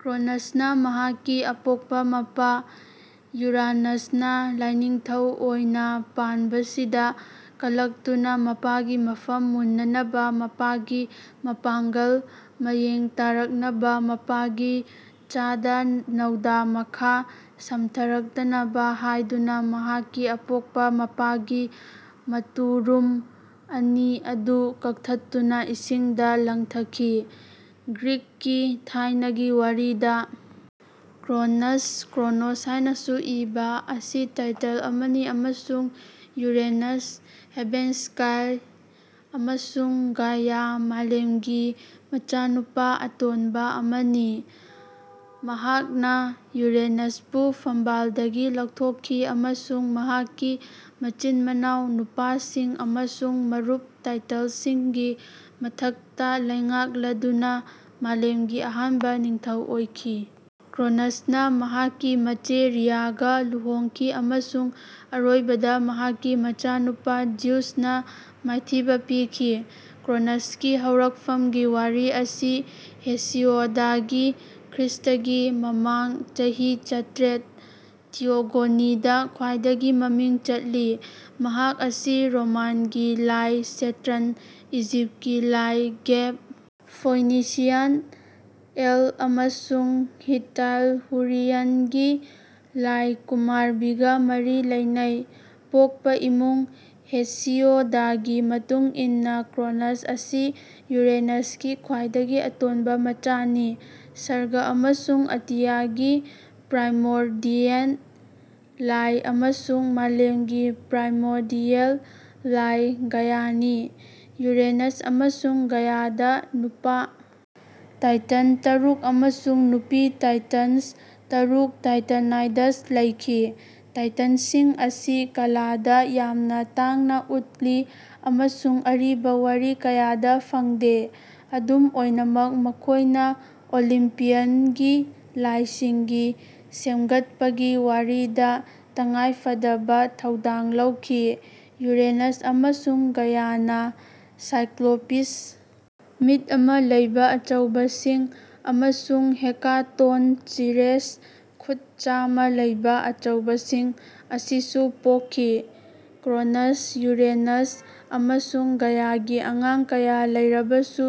ꯀ꯭ꯔꯣꯅꯁꯅ ꯃꯍꯥꯛꯀꯤ ꯑꯄꯣꯛꯄ ꯃꯄꯥ ꯌꯨꯔꯥꯅꯁꯅ ꯂꯥꯢꯅꯤꯡꯊꯧ ꯑꯣꯢꯅ ꯄꯥꯟꯕꯁꯤꯗ ꯀꯂꯛꯇꯨꯅ ꯃꯄꯥꯒꯤ ꯃꯐꯝ ꯃꯨꯟꯅꯅꯕ ꯃꯄꯥꯒꯤ ꯃꯄꯥꯡꯒꯜ ꯃꯌꯦꯡ ꯇꯥꯔꯛꯅꯕ ꯃꯄꯥꯒꯤ ꯆꯥꯗꯥ-ꯅꯥꯎꯗꯥ ꯃꯈꯥ ꯁꯝꯊꯔꯛꯇꯅꯕ ꯍꯥꯢꯗꯨꯅ ꯃꯍꯥꯛꯀꯤ ꯑꯄꯣꯛꯄ ꯃꯄꯥꯒꯤ ꯃꯇꯨꯔꯨꯝ ꯑꯅꯤ ꯑꯗꯨ ꯀꯛꯊꯠꯇꯨꯅ ꯏꯁꯤꯡꯗ ꯂꯪꯊꯈꯤ꯫ ꯒ꯭ꯔꯤꯛꯀꯤ ꯊꯥꯏꯅꯒꯤ ꯋꯥꯔꯤꯗ, ꯀ꯭ꯔꯣꯅꯁ (ꯀ꯭ꯔꯣꯅꯣꯁ ꯍꯥꯏꯅꯁꯨ ꯏꯕ) ꯑꯁꯤ ꯇꯥꯏꯇꯟ ꯑꯃꯅꯤ ꯑꯃꯁꯨꯡ ꯌꯨꯔꯦꯅꯁ (ꯍꯦꯚꯦꯟꯁ꯭ꯀꯥꯏ) ꯑꯃꯁꯨꯡ ꯒꯥꯏꯌꯥ (ꯃꯥꯂꯦꯝ)ꯒꯤ ꯃꯆꯥꯅꯨꯄꯥ ꯑꯇꯣꯟꯕ ꯑꯃꯅꯤ꯫ ꯃꯍꯥꯛꯅ ꯌꯨꯔꯦꯅꯁꯄꯨ ꯐꯝꯕꯥꯜꯗꯒꯤ ꯂꯧꯊꯣꯛꯈꯤ ꯑꯃꯁꯨꯡ ꯃꯍꯥꯛꯀꯤ ꯃꯆꯤꯟ-ꯃꯅꯥꯎ ꯅꯨꯄꯥꯁꯤꯡ ꯑꯃꯁꯨꯡ ꯃꯔꯨꯞ ꯇꯥꯏꯇꯟꯁꯤꯡꯒꯤ ꯃꯊꯛꯇ ꯂꯩꯉꯥꯛꯂꯗꯨꯅ ꯃꯥꯂꯦꯝꯒꯤ ꯑꯍꯥꯟꯕ ꯅꯤꯡꯊꯧ ꯑꯣꯏꯈꯤ꯫ ꯀ꯭ꯔꯣꯅꯁꯅ ꯃꯍꯥꯛꯀꯤ ꯃꯆꯦ ꯔꯤꯌꯥꯒ ꯂꯨꯍꯣꯡꯈꯤ ꯑꯃꯁꯨꯡ ꯑꯔꯣꯏꯕꯗ ꯃꯍꯥꯛꯀꯤ ꯃꯆꯥꯅꯨꯄꯥ ꯖ꯭ꯌꯨꯁꯅ ꯃꯥꯏꯊꯤꯕ ꯄꯤꯈꯤ꯫ ꯀ꯭ꯔꯣꯅꯁꯀꯤ ꯍꯧꯔꯛꯐꯝꯒꯤ ꯋꯥꯔꯤ ꯑꯁꯤ ꯍꯦꯁꯤꯑꯣꯗꯀꯤ (ꯈ꯭ꯔꯤꯁ꯭ꯇꯒꯤ ꯃꯃꯥꯡ ꯆꯍꯤ ꯆꯥꯇ꯭ꯔꯦꯠ) ꯊꯤꯌꯣꯒꯣꯅꯤꯗ ꯈ꯭ꯋꯥꯏꯗꯒꯤ ꯃꯃꯤꯡ ꯆꯠꯂꯤ꯫ ꯃꯍꯥꯛ ꯑꯁꯤ ꯔꯣꯃꯥꯟꯒꯤ ꯂꯥꯏ ꯁꯦꯇ꯭ꯔꯟ, ꯏꯖꯤꯞꯀꯤ ꯂꯥꯏ ꯒꯦꯕ, ꯐꯣꯏꯅꯤꯁꯤꯌꯥꯟ ꯑꯦꯜ, ꯑꯃꯁꯨꯡ ꯍꯤꯠꯇꯥꯏꯠꯍꯨꯔꯤꯌꯟꯒꯤ ꯂꯥꯏ ꯀꯨꯃꯥꯔꯕꯤꯒ ꯃꯔꯤ ꯂꯩꯅꯩ꯫ ꯄꯣꯛꯄ ꯏꯃꯨꯡ ꯍꯦꯁꯤꯌꯣꯗꯀꯤ ꯃꯇꯨꯡ ꯏꯟꯅ ꯀ꯭ꯔꯣꯅꯁ ꯑꯁꯤ ꯌꯨꯔꯦꯅꯁꯀꯤ ꯈ꯭ꯋꯥꯏꯗꯒꯤ ꯑꯇꯣꯟꯕ ꯃꯆꯥꯅꯤ, ꯁꯔꯒ ꯑꯃꯁꯨꯡ ꯑꯇꯤꯌꯥꯒꯤ ꯄ꯭ꯔꯥꯏꯃꯣꯔꯗꯤꯌꯦꯜ ꯂꯥꯏ, ꯑꯃꯁꯨꯡ ꯃꯥꯂꯦꯝꯒꯤ ꯄ꯭ꯔꯥꯏꯃꯣꯔꯗꯤꯌꯦꯜ ꯂꯥꯏ ꯒꯥꯏꯌꯥꯅꯤ꯫ ꯌꯨꯔꯦꯅꯁ ꯑꯃꯁꯨꯡ ꯒꯥꯏꯌꯥꯗ ꯅꯨꯄꯥ ꯇꯥꯏꯇꯟ ꯇꯔꯨꯛ ꯑꯃꯁꯨꯡ ꯅꯨꯄꯤ ꯇꯥꯏꯇꯟꯁ ꯇꯔꯨꯛ (ꯇꯥꯏꯇꯥꯅꯥꯏꯗꯁ) ꯂꯩꯈꯤ꯫ ꯇꯥꯏꯇꯟꯁꯤꯡ ꯑꯁꯤ ꯀꯂꯥꯗ ꯌꯥꯝꯅ ꯇꯥꯡꯅ ꯎꯠꯂꯤ ꯑꯃꯁꯨꯡ ꯑꯔꯤꯕ ꯋꯥꯔꯤ ꯀꯌꯥꯗ ꯐꯪꯗꯦ꯫ ꯑꯗꯨꯝ ꯑꯣꯏꯅꯃꯛ ꯃꯈꯣꯏꯅ ꯑꯣꯂꯤꯝꯄꯤꯌꯟꯒꯤ ꯂꯥꯏꯁꯤꯡꯒꯤ ꯁꯦꯝꯒꯠꯄꯒꯤ ꯋꯥꯔꯤꯗ ꯇꯉꯥꯏꯐꯗꯕ ꯊꯧꯗꯥꯡ ꯂꯧꯈꯤ꯫ ꯌꯨꯔꯦꯅꯁ ꯑꯃꯁꯨꯡ ꯒꯥꯏꯌꯥꯅ ꯁꯥꯏꯀ꯭ꯂꯣꯄꯤꯁ (ꯃꯤꯠ ꯑꯃ ꯂꯩꯕ ꯑꯆꯧꯕꯁꯤꯡ) ꯑꯃꯁꯨꯡ ꯍꯦꯀꯥꯇꯣꯟꯆꯤꯔꯦꯁ (ꯈꯨꯠ ꯆꯥꯝꯃ ꯂꯩꯕ ꯑꯆꯧꯕꯁꯤꯡ) ꯑꯁꯤꯁꯨ ꯄꯣꯛꯈꯤ꯫ ꯀ꯭ꯔꯣꯅꯁ, ꯌꯨꯔꯦꯅꯁ, ꯑꯃꯁꯨꯡ ꯒꯥꯏꯌꯥꯒꯤ ꯑꯉꯥꯡ ꯀꯌꯥ ꯂꯩꯔꯕꯁꯨ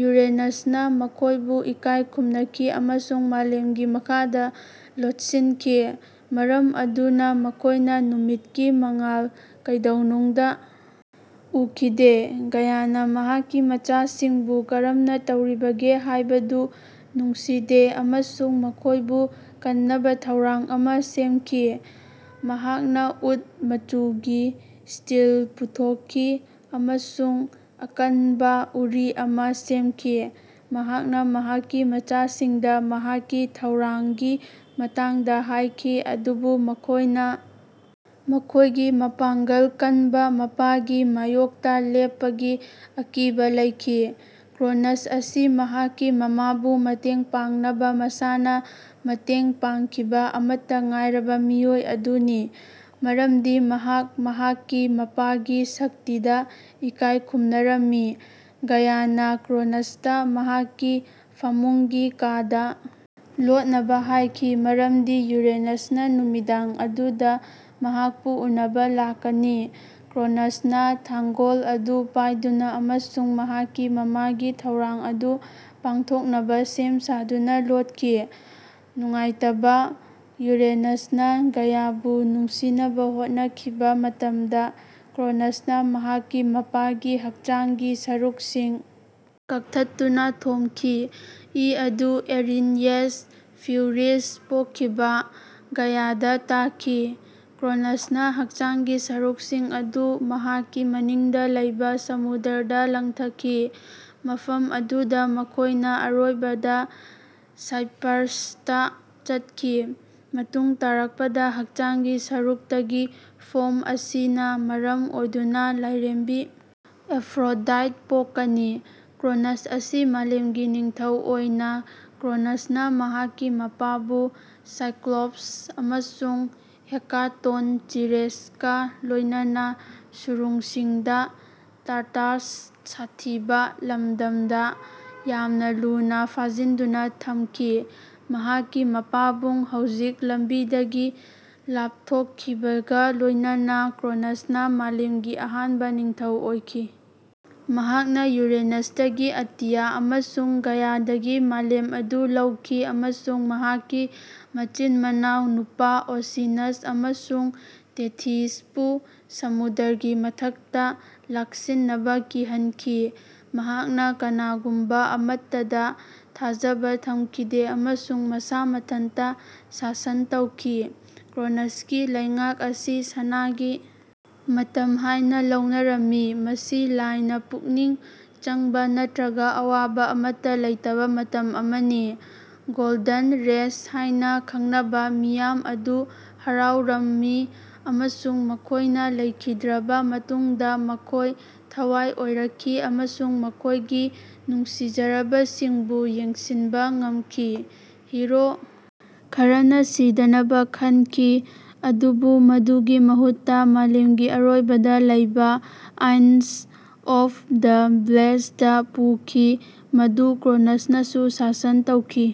ꯌꯨꯔꯦꯅꯁꯅ ꯃꯈꯣꯏꯕꯨ ꯏꯀꯥꯏ ꯈꯨꯝꯅꯈꯤ ꯑꯃꯁꯨꯡ ꯃꯥꯂꯦꯝꯒꯤ ꯃꯈꯥꯗ ꯂꯣꯠꯁꯤꯟꯈꯤ꯫ ꯃꯔꯝ ꯑꯗꯨꯅ ꯃꯈꯣꯏꯅ ꯅꯨꯃꯤꯠꯀꯤ ꯃꯉꯥꯜ ꯀꯩꯗꯧꯅꯨꯡꯗ ꯎꯈꯤꯗꯦ꯫ ꯒꯥꯏꯌꯥꯅ ꯃꯍꯥꯛꯀꯤ ꯃꯆꯥꯁꯤꯡꯕꯨ ꯀꯔꯝꯅ ꯇꯧꯔꯤꯕꯒꯦ ꯍꯥꯏꯕꯗꯨ ꯅꯨꯡꯁꯤꯗꯦ ꯑꯃꯁꯨꯡ ꯃꯈꯣꯏꯕꯨ ꯀꯟꯅꯕ ꯊꯧꯔꯥꯡ ꯑꯃ ꯁꯦꯝꯈꯤ꯫ ꯃꯍꯥꯛꯅ ꯎꯠ ꯃꯆꯨꯒꯤ ꯁ꯭ꯇꯤꯜ ꯄꯨꯊꯣꯛꯈꯤ ꯑꯃꯁꯨꯡ ꯑꯀꯟꯕ ꯎꯔꯤ ꯑꯃ ꯁꯦꯝꯈꯤ꯫ ꯃꯍꯥꯛꯅ ꯃꯍꯥꯛꯀꯤ ꯃꯆꯥꯁꯤꯡꯗ ꯃꯍꯥꯛꯀꯤ ꯊꯧꯔꯥꯡꯒꯤ ꯃꯇꯥꯡꯗ ꯍꯥꯏꯈꯤ, ꯑꯗꯨꯕꯨ ꯃꯈꯣꯏꯅ ꯃꯈꯣꯏꯒꯤ ꯃꯄꯥꯡꯒꯜ ꯀꯟꯕ ꯃꯄꯥꯒꯤ ꯃꯥꯌꯣꯛꯇ ꯂꯦꯞꯄꯒꯤ ꯑꯀꯤꯕ ꯂꯩꯈꯤ꯫ ꯀ꯭ꯔꯣꯅꯁ ꯑꯁꯤ ꯃꯍꯥꯛꯀꯤ ꯃꯃꯥꯕꯨ ꯃꯇꯦꯡ ꯄꯥꯡꯅꯕ ꯃꯁꯥꯅ ꯃꯇꯦꯡ ꯄꯥꯡꯈꯤꯕ ꯑꯃꯠꯇ ꯉꯥꯏꯔꯕ ꯃꯤꯑꯣꯏ ꯑꯗꯨꯅꯤ, ꯃꯔꯝꯗꯤ ꯃꯍꯥꯛ ꯃꯍꯥꯛꯀꯤ ꯃꯄꯥꯒꯤ ꯁꯛꯇꯤꯗ ꯏꯀꯥꯏ ꯈꯨꯝꯅꯔꯝꯃꯤ꯫ ꯒꯥꯏꯌꯥꯅ ꯀ꯭ꯔꯣꯅꯁꯇ ꯃꯍꯥꯛꯀꯤ ꯐꯃꯨꯡꯒꯤ ꯀꯥꯗ ꯂꯣꯠꯅꯕ ꯍꯥꯏꯈꯤ ꯃꯔꯝꯗꯤ ꯌꯨꯔꯦꯅꯁꯅ ꯅꯨꯃꯤꯗꯥꯡ ꯑꯗꯨꯗ ꯃꯍꯥꯛꯄꯨ ꯎꯅꯕ ꯂꯥꯛꯀꯅꯤ꯫ ꯀ꯭ꯔꯣꯅꯁꯅ ꯊꯥꯡꯒꯣꯜ ꯑꯗꯨ ꯄꯥꯏꯗꯨꯅ ꯑꯃꯁꯨꯡ ꯃꯍꯥꯛꯀꯤ ꯃꯃꯥꯒꯤ ꯊꯧꯔꯥꯡ ꯑꯗꯨ ꯄꯥꯡꯊꯣꯛꯅꯕ ꯁꯦꯝ ꯁꯥꯗꯨꯅ ꯂꯣꯠꯈꯤ꯫ ꯅꯨꯡꯉꯥꯏꯇꯕ ꯌꯨꯔꯦꯅꯁꯅ ꯒꯥꯏꯌꯥꯕꯨ ꯅꯨꯡꯁꯤꯅꯕ ꯍꯣꯠꯅꯈꯤꯕ ꯃꯇꯝꯗ, ꯀ꯭ꯔꯣꯅꯁꯅ ꯃꯍꯥꯛꯀꯤ ꯃꯄꯥꯒꯤ ꯍꯛꯆꯥꯡꯒꯤ ꯁꯔꯨꯛꯁꯤꯡ ꯀꯛꯊꯠꯇꯨꯅ ꯊꯣꯝꯈꯤ꯫ ꯏ ꯑꯗꯨ ꯑꯦꯔꯤꯟꯌꯦꯁ (ꯐ꯭ꯌꯨꯔꯤꯁ) ꯄꯣꯛꯈꯤꯕ ꯒꯥꯏꯌꯥꯗ ꯇꯥꯈꯤ꯫ ꯀ꯭ꯔꯣꯅꯁꯅ ꯍꯛꯆꯥꯡꯒꯤ ꯁꯔꯨꯛꯁꯤꯡ ꯑꯗꯨ ꯃꯍꯥꯛꯀꯤ ꯃꯅꯤꯡꯗ ꯂꯩꯕ ꯁꯃꯨꯗ꯭ꯔꯗ ꯂꯪꯊꯈꯤ, ꯃꯐꯝ ꯑꯗꯨꯗ ꯃꯈꯣꯏꯅ ꯑꯔꯣꯏꯕꯗ ꯁꯥꯏꯄ꯭ꯔꯁꯇ ꯆꯠꯈꯤ꯫ ꯃꯇꯨꯡ ꯇꯥꯔꯛꯄꯗ ꯍꯛꯆꯥꯡꯒꯤ ꯁꯔꯨꯛꯇꯒꯤ ꯐꯣꯝ ꯑꯁꯤꯅ ꯃꯔꯝ ꯑꯣꯏꯗꯨꯅ ꯂꯥꯏꯔꯦꯝꯕꯤ ꯑꯦꯐ꯭ꯔꯣꯗꯥꯏꯠ ꯄꯣꯛꯀꯅꯤ꯫ ꯀ꯭ꯔꯣꯅꯁ ꯑꯁꯤ ꯃꯥꯂꯦꯝꯒꯤ ꯅꯤꯡꯊꯧ ꯑꯣꯏꯅ ꯀ꯭ꯔꯣꯅꯁꯅ ꯃꯍꯥꯛꯀꯤ ꯃꯄꯥꯕꯨ ꯁꯥꯏꯀ꯭ꯂꯣꯞꯁ ꯑꯃꯁꯨꯡ ꯍꯦꯀꯥꯇꯣꯟꯆꯤꯔꯦꯁꯀ ꯂꯣꯏꯅꯅ ꯁꯨꯔꯨꯡꯁꯤꯡꯗ ꯇꯥꯔꯇꯥꯔꯁ (ꯁꯥꯊꯤꯕ ꯂꯝꯗꯝ)ꯗ ꯌꯥꯝꯅ ꯂꯨꯅ ꯐꯥꯖꯤꯟꯗꯨꯅ ꯊꯝꯈꯤ꯫ ꯃꯍꯥꯛꯀꯤ ꯃꯄꯥꯕꯨꯡ ꯍꯧꯖꯤꯛ ꯂꯝꯕꯤꯗꯒꯤ ꯂꯥꯞꯊꯣꯛꯈꯤꯕꯒ ꯂꯣꯏꯅꯅ, ꯀ꯭ꯔꯣꯅꯁꯅ ꯃꯥꯂꯦꯝꯒꯤ ꯑꯍꯥꯟꯕ ꯅꯤꯡꯊꯧ ꯑꯣꯏꯈꯤ꯫ ꯃꯍꯥꯛꯅ ꯌꯨꯔꯦꯅꯁꯇꯒꯤ ꯑꯇꯤꯌꯥ ꯑꯃꯁꯨꯡ ꯒꯥꯏꯌꯥꯗꯒꯤ ꯃꯥꯂꯦꯝ ꯑꯗꯨ ꯂꯧꯈꯤ ꯑꯃꯁꯨꯡ ꯃꯍꯥꯛꯀꯤ ꯃꯆꯤꯟ-ꯃꯅꯥꯎ ꯅꯨꯄꯥ ꯑꯣꯁꯤꯅꯁ ꯑꯃꯁꯨꯡ ꯇꯦꯊꯤꯁꯄꯨ ꯁꯃꯨꯗ꯭ꯔꯒꯤ ꯃꯊꯛꯇ ꯂꯥꯛꯁꯤꯟꯅꯕ ꯀꯤꯍꯟꯈꯤ꯫ ꯃꯍꯥꯛꯅ ꯀꯅꯥꯒꯨꯝꯕ ꯑꯃꯠꯇꯗ ꯊꯥꯖꯕ ꯊꯝꯈꯤꯗꯦ ꯑꯃꯁꯨꯡ ꯃꯁꯥ ꯃꯊꯟꯇ ꯁꯥꯁꯟ ꯇꯧꯈꯤ꯫ ꯀ꯭ꯔꯣꯅꯁꯀꯤ ꯂꯩꯉꯥꯛ ꯑꯁꯤ ꯁꯅꯥꯒꯤ ꯃꯇꯝ ꯍꯥꯏꯅ ꯂꯧꯅꯔꯝꯃꯤ꯫ ꯃꯁꯤ ꯂꯥꯏꯅ ꯄꯨꯛꯅꯤꯡ ꯆꯪꯕ ꯅꯠꯇ꯭ꯔꯒ ꯑꯋꯥꯕ ꯑꯃꯠꯇ ꯂꯩꯇꯕ ꯃꯇꯝ ꯑꯃꯅꯤ꯫ ꯒꯣꯜꯗꯟ ꯔꯦꯁ ꯍꯥꯏꯅ ꯈꯪꯅꯕ ꯃꯤꯌꯥꯝ ꯑꯗꯨ ꯍꯔꯥꯎꯔꯝꯃꯤ ꯑꯃꯁꯨꯡ ꯃꯈꯣꯏꯅ ꯂꯩꯈꯤꯗ꯭ꯔꯕ ꯃꯇꯨꯡꯗ ꯃꯈꯣꯏ ꯊꯋꯥꯏ ꯑꯣꯏꯔꯛꯈꯤ ꯑꯃꯁꯨꯡ ꯃꯈꯣꯏꯒꯤ ꯅꯨꯡꯁꯤꯖꯔꯕꯁꯤꯡꯕꯨ ꯌꯦꯡꯁꯤꯟꯕ ꯉꯝꯈꯤ꯫ ꯍꯤꯔꯣ ꯈꯔꯅ ꯁꯤꯗꯅꯕ ꯈꯟꯈꯤ ꯑꯗꯨꯕꯨ ꯃꯗꯨꯒꯤ ꯃꯍꯨꯠꯇ ꯃꯥꯂꯦꯝꯒꯤ ꯑꯔꯣꯏꯕꯗ ꯂꯩꯕ ꯑꯥꯏꯜꯁ ꯑꯣꯐ ꯗ ꯕ꯭ꯂꯦꯁꯗ ꯄꯨꯈꯤ, ꯃꯗꯨ ꯀ꯭ꯔꯣꯅꯁꯅꯁꯨ ꯁꯥꯁꯟ ꯇꯧꯈꯤ꯫